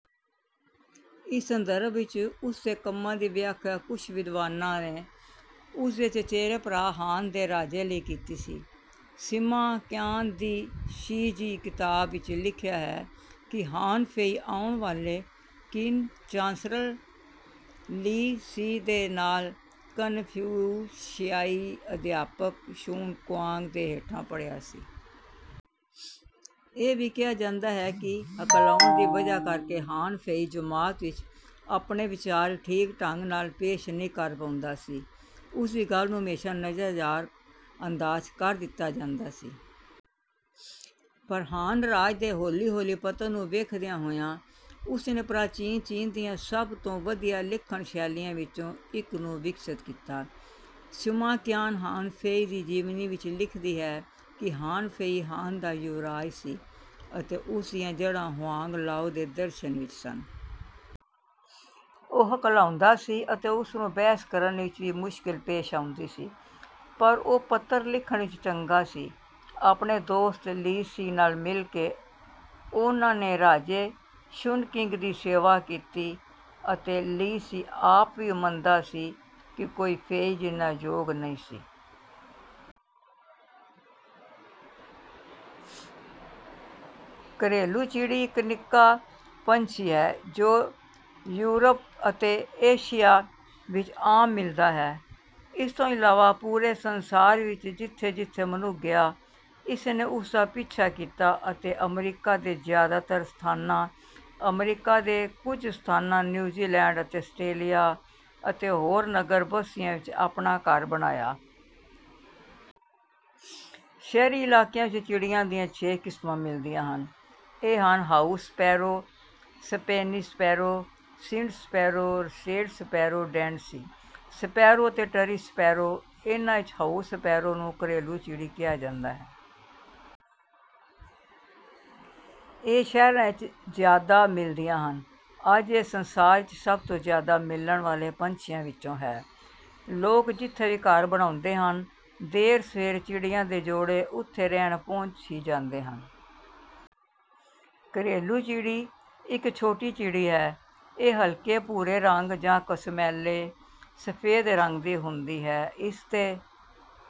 ਇਸ ਸੰਦਰਭ ਵਿੱਚ ਉਸਦੇ ਕੰਮਾਂ ਦੀ ਵਿਆਖਿਆ ਕੁਝ ਵਿਦਵਾਨਾਂ ਨੇ ਉਸਦੇ ਚਚੇਰੇ ਭਰਾ ਹਾਨ ਦੇ ਰਾਜੇ ਨੇ ਕੀਤੀ ਸੀ। ਸਿਮਾ ਕਿਆਨ ਦੀ ਸ਼ੀ ਜੀ ਕਿਤਾਬ ਵਿੱਚ ਲਿਖਿਆ ਹੈ ਕਿ ਹਾਨ ਫ਼ੇਈ ਆਉਣ ਵਾਲੇ ਕਿਨ ਚਾਂਸਲਰ ਲੀ ਸੀ ਦੇ ਨਾਲ ਕਨਫਿਊਸ਼ਿਆਈ ਅਧਿਆਪਕ ਸ਼ੁਨ ਕੁਆਂਗ ਦੇ ਹੇਠਾਂ ਪੜ੍ਹਿਆ ਸੀ। ਇਹ ਵੀ ਕਿਹਾ ਜਾਂਦਾ ਹੈ ਕਿ ਹਕਲਾਉਣ ਦੀ ਵਜ੍ਹਾ ਕਰਕੇ ਹਾਨ ਫ਼ੇਈ ਜਮਾਤ ਵਿੱਚ ਆਪਣੇ ਵਿਚਾਰ ਠੀਕ ਢੰਗ ਨਾਲ ਪੇਸ਼ ਨਹੀਂ ਕਰ ਪਾਉਂਦਾ ਸੀ। ਉਸਦੀ ਗੱਲ ਨੂੰ ਹਮੇਸ਼ਾ ਨਜ਼ਰ-ਅੰਦਾਜ਼ ਕਰ ਦਿੱਤਾ ਜਾਂਦਾ ਸੀ। ਪਰ ਹਾਨ ਰਾਜ ਦੇ ਹੌਲੀ-ਹੌਲੀ ਪਤਨ ਨੂੰ ਵੇਖਦਿਆਂ ਹੋਇਆਂ ਉਸਨੇ ਪ੍ਰਾਚੀਨ ਚੀਨ ਦੀਆਂ ਸਭ ਤੋਂ ਵਧੀਆ ਲਿਖਣ ਸ਼ੈਲੀਆਂ ਵਿੱਚੋਂ ਇੱਕ ਨੂੰ ਵਿਕਸਿਤ ਕੀਤਾ। ਸਿਮਾ ਕਿਆਨ ਹਾਨ ਫ਼ੇਈ ਦੀ ਜੀਵਨੀ ਵਿੱਚ ਲਿਖਦੀ ਹੈ ਕਿ ਹਾਨ ਫ਼ੇਈ ਹਾਨ ਦਾ ਯੁਵਰਾਜ ਸੀ ਅਤੇ ਉਸਦੀਆਂ ਜੜ੍ਹਾਂ ਹੁਆਂਗ-ਲਾਓ ਦੇ ਦਰਸ਼ਨ ਵਿੱਚ ਸਨ। ਉਹ ਹਕਲਾਉਂਦਾ ਸੀ ਅਤੇ ਉਸਨੂੰ ਬਹਿਸ ਕਰਨ ਵਿੱਚ ਵੀ ਮੁਸ਼ਕਿਲ ਪੇਸ਼ ਆਉਂਦੀ ਸੀ ਪਰ ਉਹ ਪੱਤਰ ਲਿਖਣ ਵਿੱਚ ਚੰਗਾ ਸੀ। ਆਪਣੇ ਦੋਸਤ ਲੀ ਸੀ ਨਾਲ ਮਿਲ ਕੇ ਉਹਨਾਂ ਨੇ ਰਾਜੇ ਸ਼ੁਨ ਕਿੰਗ ਦੀ ਸੇਵਾ ਕੀਤੀ ਅਤੇ ਲੀ ਸੀ ਆਪ ਵੀ ਮੰਨਦਾ ਸੀ ਕਿ ਉਹ ਫ਼ੇਈ ਜਿੰਨਾ ਯੋਗ ਨਹੀਂ ਸੀ। ਘਰੇਲੂ ਚਿੜੀ ਇੱਕ ਨਿੱਕਾ ਪੰਛੀ ਹੈ ਜੋ ਯੂਰਪ ਅਤੇ ਏਸ਼ੀਆ ਵਿੱਚ ਆਮ ਮਿਲਦਾ ਹੈ। ਇਸ ਤੋਂ ਇਲਾਵਾ ਪੂਰੇ ਸੰਸਾਰ ਵਿੱਚ ਜਿੱਥੇ ਜਿੱਥੇ ਮਨੁੱਖ ਗਿਆ ਇਸਨੇ ਉਸ ਦਾ ਪਿੱਛਾ ਕੀਤਾ ਅਤੇ ਅਮਰੀਕਾ ਦੇ ਜਿਆਦਾਤਰ ਸਥਾਨਾਂ ਅਫਰੀਕਾ ਦੇ ਕੁਝ ਸਥਾਨਾਂ ਨਿਊਜ਼ੀਲੈਂਡ ਅਤੇ ਆਸਟਰੇਲੀਆ ਅਤੇ ਹੋਰ ਨਗਰ ਬਸਤੀਆਂ ਵਿੱਚ ਆਪਣਾ ਘਰ ਬਣਾਇਆ। ਸ਼ਹਿਰੀ ਇਲਾਕਿਆਂ ਵਿੱਚ ਚਿੜੀਆਂ ਦੀਆਂ ਛੇ ਕਿਸਮਾਂ ਮਿਲਦੀਆਂ ਹਨ। ਇਹ ਹਨ ਹਾਊਸ ਸਪੈਰੋ ਸਪੇਨੀ sparrow Sind sparrow russet sparrow Dead Sea sparrow ਅਤੇ ਟਰੀ ਸਪੈਰੋ। ਇਹਨਾਂ ਵਿੱਚ ਹਾਊਸ ਸਪੈਰੋ ਨੂੰ ਘਰੇਲੂ ਚਿੜੀ ਕਿਹਾ ਜਾਂਦਾ ਹੈ। ਇਹ ਸ਼ਹਿਰਾਂ ਵਿੱਚ ਜ਼ਿਆਦਾ ਮਿਲਦੀਆਂ ਹਨ। ਅੱਜ ਇਹ ਸੰਸਾਰ ਵਿੱਚ ਸਭ ਤੋਂ ਜਿਆਦਾ ਮਿਲਣ ਵਾਲੇ ਪੰਛੀਆਂ ਵਿੱਚੋਂ ਹੈ। ਲੋਕ ਜਿੱਥੇ ਵੀ ਘਰ ਬਣਾਉਂਦੇ ਹਨ ਦੇਰ ਸਵੇਰ ਚਿੜੀਆਂ ਦੇ ਜੋੜੇ ਉੱਥੇ ਰਹਿਣ ਪਹੁੰਚ ਹੀ ਜਾਂਦੇ ਹਨ। ਘਰੇਲੂ ਚਿੜੀ ਇੱਕ ਛੋਟੀ ਚਿੜੀ ਹੈ। ਇਹ ਹਲਕੇ ਭੂਰੇ ਰੰਗ ਜਾਂ ਘਸਮੈਲੇ ਸਫ਼ੈਦ ਰੰਗ ਦੀ ਹੁੰਦੀ ਹੈ। ਇਸ ਦੇ